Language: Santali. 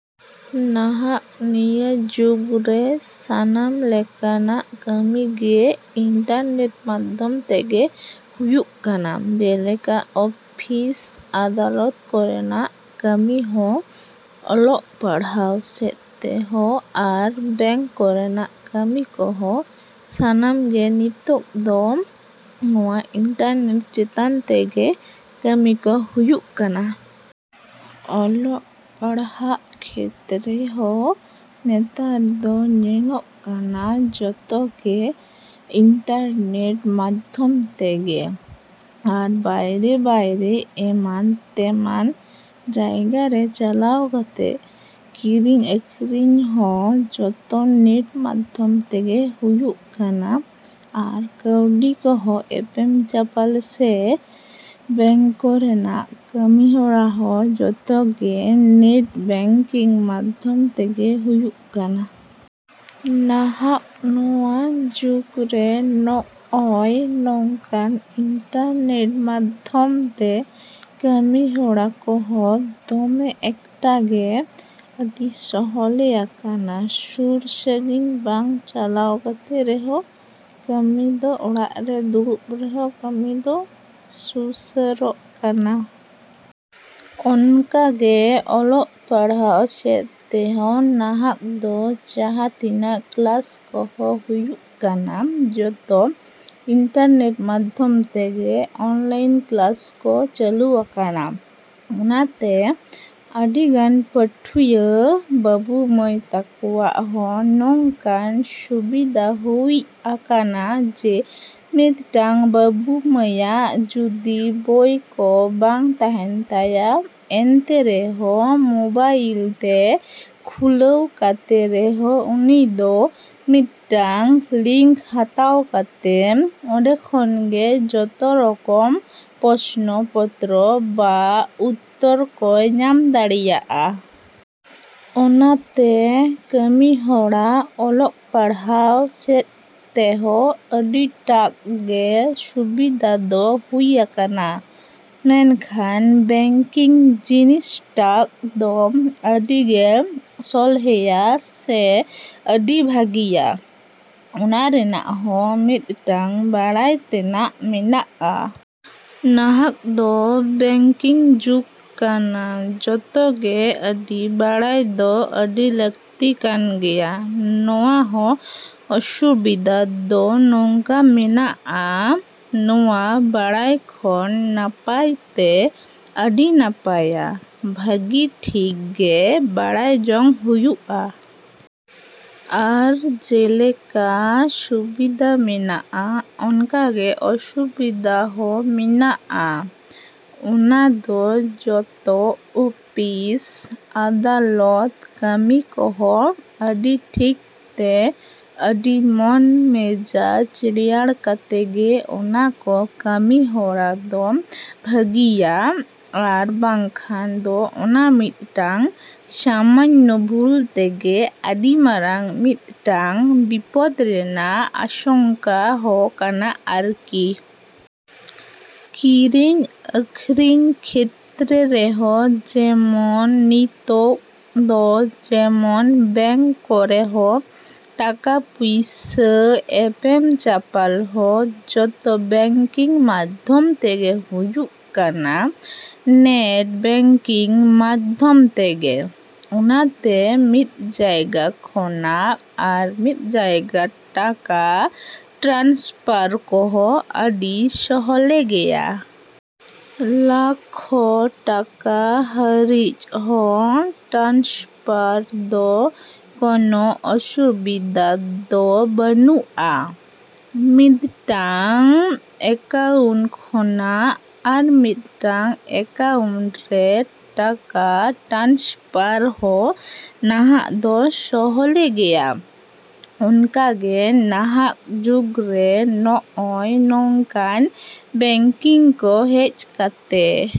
ᱱᱟᱦᱟᱜ ᱱᱤᱭᱟᱹ ᱡᱩᱜᱽ ᱨᱮ ᱥᱟᱱᱟᱢ ᱞᱮᱠᱟᱱᱟᱜ ᱠᱟᱹᱢᱤ ᱜᱮ ᱤᱱᱴᱟᱨᱱᱮᱴ ᱢᱟᱫᱷᱚᱢ ᱛᱮᱜᱮ ᱦᱩᱭᱩᱜ ᱠᱟᱱᱟ᱾ ᱡᱮᱞᱮᱠᱟ ᱚᱯᱷᱤᱥ, ᱟᱫᱟᱞᱚᱛ ᱠᱚᱨᱮᱱᱟᱜ ᱠᱟᱹᱢᱤ ᱦᱚᱸ, ᱚᱞᱚᱜ ᱯᱟᱲᱦᱟᱣ ᱥᱮᱫ ᱛᱮᱦᱚᱸ ᱟᱨ ᱵᱮᱝᱠ ᱠᱚᱨᱮᱱᱟᱜ ᱠᱟᱹᱢᱤ ᱠᱚᱦᱚᱸ ᱥᱟᱱᱟᱢ ᱜᱮ ᱱᱤᱛᱚᱜ ᱫᱚ ᱱᱚᱣᱟ ᱤᱱᱴᱟᱨᱱᱮᱴ ᱪᱮᱛᱟᱱ ᱛᱮᱜᱮ ᱠᱟᱹᱢᱤ ᱠᱚ ᱦᱩᱭᱩᱜ ᱠᱟᱱᱟ᱾ ᱚᱞᱚᱜ ᱯᱟᱲᱦᱟᱜ ᱠᱷᱮᱛᱨᱮ ᱦᱚᱸ ᱱᱮᱛᱟᱨ ᱫᱚ ᱧᱮᱞᱚᱜ ᱠᱟᱱᱟ ᱡᱚᱛᱚ ᱜᱮ ᱤᱱᱴᱟᱨᱱᱮᱴ ᱢᱟᱫᱷᱚᱢ ᱛᱮᱜᱮ᱾ ᱟᱨ ᱵᱟᱭᱨᱮ-ᱵᱟᱭᱨᱮ ᱮᱢᱟᱱ ᱛᱮᱢᱟᱱ ᱡᱟᱭᱜᱟ ᱨᱮ ᱪᱟᱞᱟᱣ ᱠᱟᱛᱮ ᱠᱤᱨᱤᱧ ᱟᱠᱷᱨᱤᱧ ᱦᱚᱸ ᱡᱚᱛᱚ ᱱᱮᱴ ᱢᱟᱫᱷᱚᱢ ᱛᱮᱜᱮ ᱦᱩᱭᱩᱜ ᱠᱟᱱᱟ ᱟᱨ ᱠᱟᱹᱣᱰᱤ ᱠᱚᱦᱚᱸ ᱮᱯᱮᱢ ᱪᱟᱯᱟᱞ ᱥᱮ ᱵᱮᱝᱠ ᱠᱚᱨᱮᱱᱟᱜ ᱠᱟᱹᱢᱤ ᱦᱚᱨᱟ ᱦᱚᱸ ᱡᱚᱛᱚ ᱜᱮ ᱱᱮᱴ ᱵᱮᱝᱠᱤᱝ ᱢᱟᱫᱷᱚᱢ ᱛᱮᱜᱮ ᱦᱩᱭᱩᱜ ᱠᱟᱱᱟ᱾ ᱱᱟᱦᱟᱜ ᱱᱚᱣᱟ ᱡᱩᱜᱽ ᱨᱮ ᱱᱚᱜᱼᱚᱭ ᱱᱚᱝᱠᱟᱱ ᱤᱱᱴᱟᱨᱱᱮᱴ ᱢᱟᱫᱷᱚᱢ ᱛᱮ ᱠᱟᱹᱢᱤ ᱦᱚᱨᱟ ᱠᱚᱦᱚᱸ ᱫᱚᱢᱮ ᱮᱠᱴᱟ ᱜᱮ ᱟᱹᱰᱤ ᱥᱚᱦᱚᱞᱮ ᱟᱠᱟᱱᱟ᱾ ᱥᱩᱨ-ᱥᱟᱺᱜᱤᱧ ᱵᱟᱝ ᱪᱟᱞᱟᱣ ᱠᱟᱛᱮ ᱨᱮᱦᱚᱸ ᱠᱟᱹᱢᱤ ᱫᱚ ᱚᱲᱟᱜ ᱨᱮ ᱫᱩᱲᱩᱵ ᱨᱮᱦᱚᱸ ᱠᱟᱹᱢᱤ ᱫᱚ ᱥᱩᱥᱟᱹᱨᱚᱜ ᱠᱟᱱᱟ᱾ ᱚᱱᱠᱟ ᱜᱮ ᱚᱞᱚᱜ ᱯᱟᱲᱦᱟᱣ ᱥᱮᱫ ᱛᱮᱦᱚᱸ ᱱᱟᱦᱟᱜ ᱫᱚ ᱡᱟᱦᱟᱸ ᱛᱤᱱᱟᱹᱜ ᱠᱞᱟᱥ ᱠᱚᱦᱚᱸ ᱦᱩᱭᱩᱜ ᱠᱟᱱᱟ ᱡᱚᱛᱚ ᱤᱱᱴᱟᱨᱱᱮᱴ ᱢᱟᱫᱷᱚᱢ ᱛᱮᱜᱮ ᱚᱱᱞᱟᱭᱤᱱ ᱠᱞᱟᱥ ᱠᱚ ᱪᱟᱹᱞᱩ ᱟᱠᱟᱱᱟ᱾ ᱚᱱᱟ ᱛᱮ ᱟᱹᱰᱤ ᱜᱟᱱ ᱯᱟᱹᱴᱷᱩᱭᱟᱹ ᱵᱟᱹᱵᱩᱼᱢᱟᱹᱭ ᱛᱟᱠᱚᱣᱟᱜ ᱦᱚᱸ ᱱᱚᱝᱠᱟᱱ ᱥᱩᱵᱤᱫᱟ ᱦᱩᱭ ᱟᱠᱟᱱᱟ ᱡᱮ ᱢᱤᱫᱴᱟᱹᱝ ᱵᱟᱹᱵᱩᱼᱢᱟᱹᱭᱟᱜ ᱡᱩᱫᱤ ᱵᱚᱭ ᱠᱚ ᱵᱟᱝ ᱛᱟᱦᱮᱱ ᱛᱟᱭᱟ ᱮᱱᱛᱮ ᱨᱮᱦᱚᱸ ᱢᱚᱵᱟᱭᱤᱞ ᱛᱮ ᱠᱷᱩᱞᱟᱹᱣ ᱠᱟᱛᱮ ᱨᱮᱦᱚᱸ ᱩᱱᱤ ᱫᱚ ᱢᱤᱫᱴᱟᱝ ᱞᱤᱝᱠ ᱦᱟᱛᱟᱣ ᱠᱟᱛᱮ ᱚᱸᱰᱮ ᱠᱷᱚᱱ ᱜᱮ ᱡᱚᱛᱚ ᱨᱚᱠᱚᱢ ᱯᱚᱥᱱᱚ ᱯᱚᱛᱨᱚ ᱵᱟ ᱩᱛᱛᱚᱨ ᱠᱚᱭ ᱧᱟᱢ ᱫᱟᱲᱮᱭᱟᱜᱼᱟ᱾ ᱚᱱᱟ ᱛᱮ ᱠᱟᱹᱢᱤ ᱦᱚᱨᱟ ᱚᱞᱚᱜ ᱯᱟᱲᱦᱟᱣ ᱥᱮᱫ ᱛᱮᱦᱚᱸ ᱟᱹᱰᱤ ᱴᱟᱜ ᱜᱮ ᱥᱩᱵᱤᱫᱟ ᱫᱚ ᱦᱩᱭ ᱟᱠᱟᱱᱟ᱾ ᱢᱮᱱᱠᱷᱟᱱ ᱵᱮᱝᱠᱤᱝ ᱡᱤᱱᱤᱥ ᱴᱟᱜ ᱫᱚ ᱟᱹᱰᱤ ᱜᱮ ᱥᱚᱞᱦᱮᱭᱟ ᱥᱮ ᱟᱹᱰᱤ ᱵᱷᱟᱹᱜᱤᱭᱟ᱾ ᱚᱱᱟ ᱨᱮᱱᱟᱜ ᱦᱚᱸ ᱢᱤᱫᱴᱟᱹᱝ ᱵᱟᱲᱟᱭ ᱛᱮᱱᱟᱜ ᱢᱮᱱᱟᱜᱼᱟ᱾ ᱱᱟᱦᱟᱜ ᱫᱚ ᱵᱮᱝᱠᱤᱝ ᱡᱩᱜᱽ ᱠᱟᱱᱟ, ᱡᱚᱛᱚ ᱜᱮ ᱟᱹᱰᱤ ᱵᱟᱲᱟᱭ ᱫᱚ ᱟᱹᱰᱤ ᱞᱟᱹᱠᱛᱤ ᱠᱟᱱ ᱜᱮᱭᱟ᱾ ᱱᱚᱣᱟ ᱦᱚᱸ ᱚᱥᱩᱵᱤᱫᱟ ᱫᱚ ᱱᱚᱝᱠᱟ ᱢᱮᱱᱟᱜᱼᱟ, ᱱᱚᱣᱟ ᱵᱟᱲᱟᱭ ᱠᱷᱚᱱ ᱱᱟᱯᱟᱭ ᱛᱮ ᱟᱹᱰᱤ ᱱᱟᱯᱟᱭᱟ᱾ ᱵᱷᱟᱹᱜᱤ ᱴᱷᱤᱠ ᱜᱮ ᱵᱟᱲᱟᱭ ᱡᱚᱝ ᱦᱩᱭᱩᱜᱼᱟ᱾ ᱟᱨ ᱡᱮᱞᱮᱠᱟ ᱥᱩᱵᱤᱫᱟ ᱢᱮᱱᱟᱜᱼᱟ ᱚᱱᱠᱟ ᱜᱮ ᱚᱥᱩᱵᱤᱫᱟ ᱦᱚᱸ ᱢᱮᱱᱟᱜᱼᱟ᱾ ᱚᱱᱟ ᱫᱚ ᱡᱚᱛᱚ ᱚᱯᱷᱤᱥ, ᱟᱫᱟᱞᱚᱛ ᱠᱟᱹᱢᱤ ᱠᱚᱦᱚᱸ ᱟᱹᱰᱤ ᱴᱷᱤᱠ ᱛᱮ, ᱟᱹᱰᱤ ᱢᱚᱱ ᱢᱮᱡᱟᱡᱽ ᱨᱮᱭᱟᱲ ᱠᱟᱛᱮ ᱜᱮ ᱚᱱᱟ ᱠᱚ ᱠᱟᱹᱢᱤ ᱦᱚᱨᱟ ᱫᱚ ᱵᱷᱟᱹᱜᱤᱭᱟ ᱟᱨ ᱵᱟᱝᱠᱷᱟᱱ ᱫᱚ ᱚᱱᱟ ᱢᱤᱫᱴᱟᱝ ᱥᱟᱢᱟᱱᱱᱚ ᱵᱷᱩᱞ ᱛᱮᱜᱮ ᱟᱹᱰᱤ ᱢᱟᱨᱟᱝ ᱢᱤᱫᱴᱟᱝ ᱵᱤᱯᱚᱫ ᱨᱮᱱᱟᱜ ᱟᱥᱚᱝᱠᱟ ᱦᱚᱸ ᱠᱟᱱᱟ ᱟᱨᱠᱤ᱾ ᱠᱤᱨᱤᱧ ᱟᱠᱷᱨᱤᱧ ᱠᱷᱮᱛᱨᱮ ᱨᱮᱦᱚᱸ ᱡᱮᱢᱚᱱ ᱱᱤᱛᱚᱜ ᱫᱚ ᱡᱮᱢᱚᱱ ᱵᱮᱝᱠ ᱠᱚᱨᱮ ᱦᱚᱸ ᱴᱟᱠᱟ ᱯᱩᱭᱥᱟᱹ ᱮᱯᱮᱢ ᱪᱟᱯᱟᱞ ᱦᱚᱸ ᱡᱚᱛᱚ ᱵᱮᱝᱠᱤᱝ ᱢᱟᱫᱷᱚᱢ ᱛᱮᱜᱮ ᱦᱩᱭᱩᱜ ᱠᱟᱱᱟ, ᱱᱮᱴ ᱵᱮᱝᱠᱤᱝ ᱢᱟᱫᱷᱚᱢ ᱛᱮᱜᱮ᱾ ᱚᱱᱟ ᱛᱮ ᱢᱤᱫ ᱡᱟᱭᱜᱟ ᱠᱷᱚᱱᱟᱜ ᱟᱨ ᱢᱤᱫ ᱡᱟᱭᱜᱟ ᱴᱟᱠᱟ ᱴᱨᱟᱱᱥᱯᱟᱨ ᱠᱚᱦᱚᱸ ᱟᱹᱰᱤ ᱥᱚᱦᱚᱞᱮ ᱜᱮᱭᱟ᱾ ᱞᱟᱠᱷᱚ ᱴᱟᱠᱟ ᱦᱟᱹᱨᱤᱡ ᱦᱚᱸ ᱴᱨᱟᱱᱥᱯᱟᱨ ᱫᱚ ᱠᱚᱱᱚ ᱚᱥᱩᱵᱤᱫᱟ ᱫᱚ ᱵᱟᱹᱱᱩᱜᱼᱟ ᱾ ᱢᱤᱫᱴᱟᱹᱝ ᱮᱠᱟᱩᱱᱴ ᱠᱷᱚᱱᱟᱜ ᱟᱨ ᱢᱤᱫᱴᱟᱝ ᱮᱠᱟᱩᱱᱴ ᱨᱮ ᱴᱟᱠᱟ ᱴᱨᱟᱱᱥᱯᱟᱨ ᱦᱚᱸ ᱱᱟᱦᱟᱜ ᱫᱚ ᱥᱚᱦᱚᱞᱮ ᱜᱮᱭᱟ᱾ ᱚᱱᱠᱟ ᱜᱮ ᱱᱟᱦᱟᱜ ᱡᱩᱜᱽ ᱨᱮ ᱱᱚᱜᱼᱚᱭ ᱱᱚᱝᱠᱟᱱ ᱵᱮᱝᱠᱤᱝ ᱠᱚ ᱦᱮᱡ ᱠᱟᱛᱮ